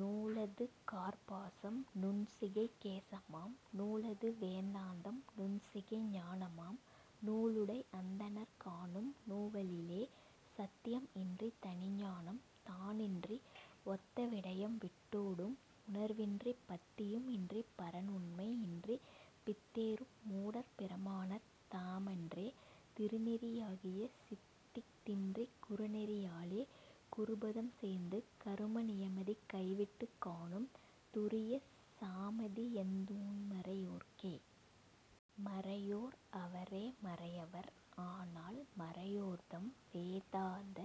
நூலது கார்ப்பாசம் நுண்சிகை கேசமாம் நூலது வேதாந்தம் நுண்சிகை ஞானமாம் நூலுடை அந்தணர் காணும் நுவலிலே. சத்தியம் இன்றித் தனிஞானம் தானின்றி ஒத்த விடயம்விட் டோ டும் உணர்வின்றிப் பத்தியும் இன்றிப் பரன் உண்மை யின்றிப் பித்தேறும் மூடர் பிராமணர் தாமன்றே. திருநெறி யாகிய சித்தசித் தின்றிக் குருநெறி யாலே குருபதம் சேர்ந்து கரும நியமாதி கைவிட்டுக் காணும் துரிய சமாதியாந் தூய்மறை யோர்க்கே. மறையோர் அவரே மறையவர் ஆனால் மறையோர்தம் வேதாந்த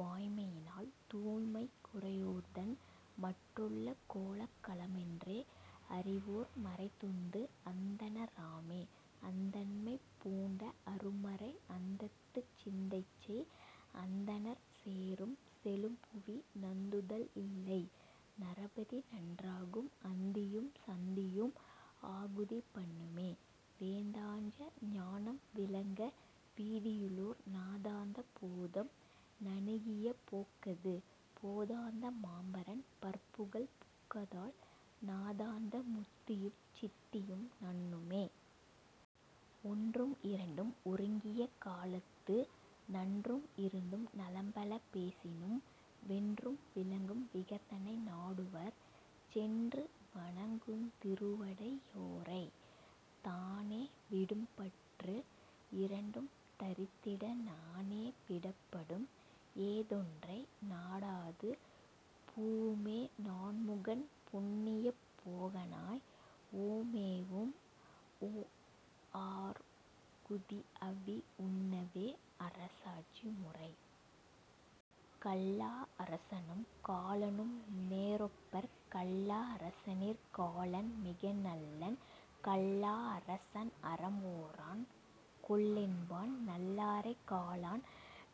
வாய்மையினால் தூய்மை குறையோர்தன் மற்றுள்ள கோலா கலமென்று அறிவோர் மறைதொந்து அந்தண ராமே. அந்தண்மை பூண்ட அருமறை அந்தத்துச் சிந்தைசெய் அந்தணர் சேரும் செழும்புவி நந்துதல் இல்லை நரபதி நன்றாகும் அந்தியும் சந்தியும் ஆகுதி பண்ணுமே. வேதாந்த ஞானம் விளங்க விதியிலோர் நாதாந்த போதம் நணுகிய போக்கது போதாந்த மாம்பரன் பற்புகப் புக்கதால் நாதாந்த முத்தியும் சித்தியும் நண்ணுமே. ஒன்றும் இரண்டும் ஒருங்கிய காலத்து நன்றும் இருந்தும் நலம்பல பேசினும் வென்று விளங்கும் விகிர்தனை நாடுவர் சென்று வணங்குந் திருவுடை யோரே. தானே விடும்பற்று இரண்டும் தரித்திட நானே விடப்படும் ஏதொன்றை நாடாது பூமேவு நான்முகன் புண்ணிய போகனாய் ஓமேவும் ஓர்ஆ குதிஅவி உண்ணவே... அரசாட்சி முறை.. கல்லா அரசனும் காலனும் நேரொப்பர் கல்லா அரசனிற் காலன் மிகநல்லன் கல்லா அரசன் அறம் ஓரான் கொல்லென்பான் நல்லாரைக் காலன்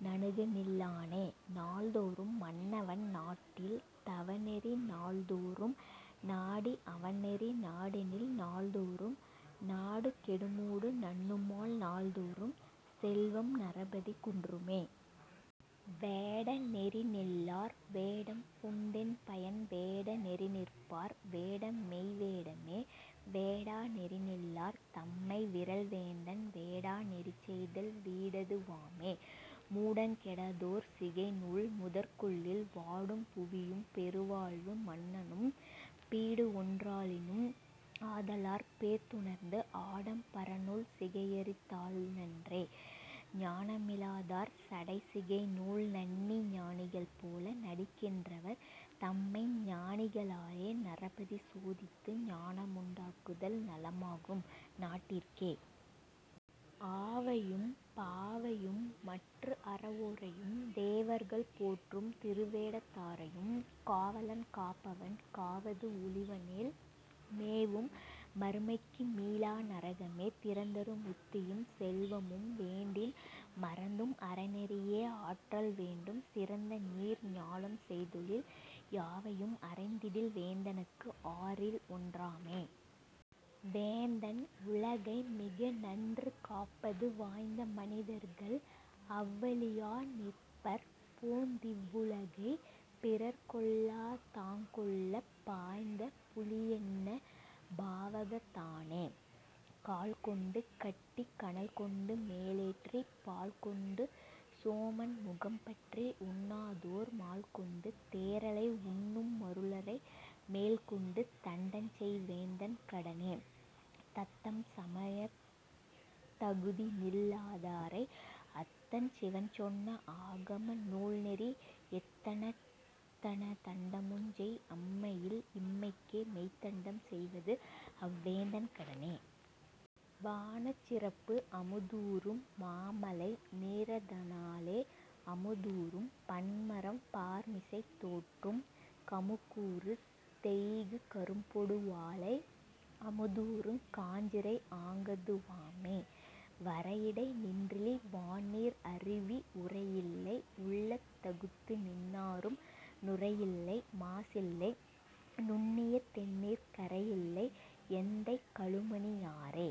நணுகநில் லானே. நாள்தோறும் மன்னவன் நாட்டில் தவநெறி நாள்தோறும் நாடி அவன்நெறி நாடுயனில் நாள்தோறும் நாடு கெடுமூட நண்ணுமால் நாள்தோறும் செல்வம் நரபதி குன்றுமே. வேட நெறிநில்லார் வேடம்பூண் டென்பயன் வேட நெறிநிற்பார் வேடம்மெய் வேடமே வேட நெறிநில்லார் தம்மை விறல்வேந்தன் வேட நெறிசெய்தால் வீடது வாமே. மூடங் கெடாதோர் சிகைநூல் முதற்கொள்ளில் வாடும் புவியும் பெருவாழ்வு மன்னனும் பீடுஒன் றிலனாகும் ஆதலாற் பேர்த்துணர்ந்து ஆடம் பரநூல் சிகையறுத் தால்நன்றே. ஞானமி லாதார் சடைசிகை நூல்நண்ணி ஞானிகள் போல நடிக்கின் றவர் தம்மை ஞானிக ளாலே நரபதி சோதித்து ஞானமுண் டாக்குதல் நலமாகும் நாட்டிற்கே. ஆவையும் பாவையும் மற்றுஅற வோரையும் தேவர்கள் போற்றும் திருவேடத் தாரையும் காவலன் காப்பவன் காவாது ஒழிவனேல் மேவும் மறுமைக்கு மீளா நரகமே. திறந்தரு முத்தியும் செல்வமும் வேண்டின் மறந்தும் அறநெறி யேஆற்றல் வேண்டும் சிறந்தநீர் ஞாலம் செய்தொழில் யாவையும் அறைந்திடில் வேந்தனுககு ஆறில் ஒன் றாமே. வேந்தன் உலகை மிகநன்று காப்பது வாய்ந்த மனிதர்கள் அவ்வழி யாநிற்பர் போந்திவ் வுலகைப் பிறர்க்கொள்ளத் தாங்கொள்ளப் பாய்ந்த புலியன்ன பாவகத் தானே. கால்கொண்டு கட்டிக் கனல்கொண்டு மேலேற்றிப் பால்கொண்டு சோமன் முகம்பற்றி உண்ணாதோர் மால்கொண்டு தேறலை உண்ணும் மருளரை மேல்கொண்டு தண்டஞ்செய் வேந்தன் கடனே. தத்தம்சமயத் தகுதிநில் லாதாரை அத்தன் சிவன் சொன்ன ஆகம நூல்நெறி எத்தண் டமுஞ்செயும் அம்மையில் இம்மைக்கே மெய்த்தண்டம் செய்வதுஅவ் வேந்தன் கடனே... வானச் சிறப்பு அமுதூறு மாமழை நீரத னாலே அமுதூறும் பன்மரம் பார்மிசை தோற்றும் கமுகூறு தேங்கு கரும்பொடு வாழை அமுதூறுங் காஞ்சிரை ஆங்கது வாமே. வரையிடை நின்றிழி வான்நீர் அருவி உரையில்லை உள்ளத் தகத்துநின் றாறும் நுரையில்லை மாசில்லை நுண்ணிய தெண்ணீர் கரையில்லை எந்தை கழுமணி யாறே...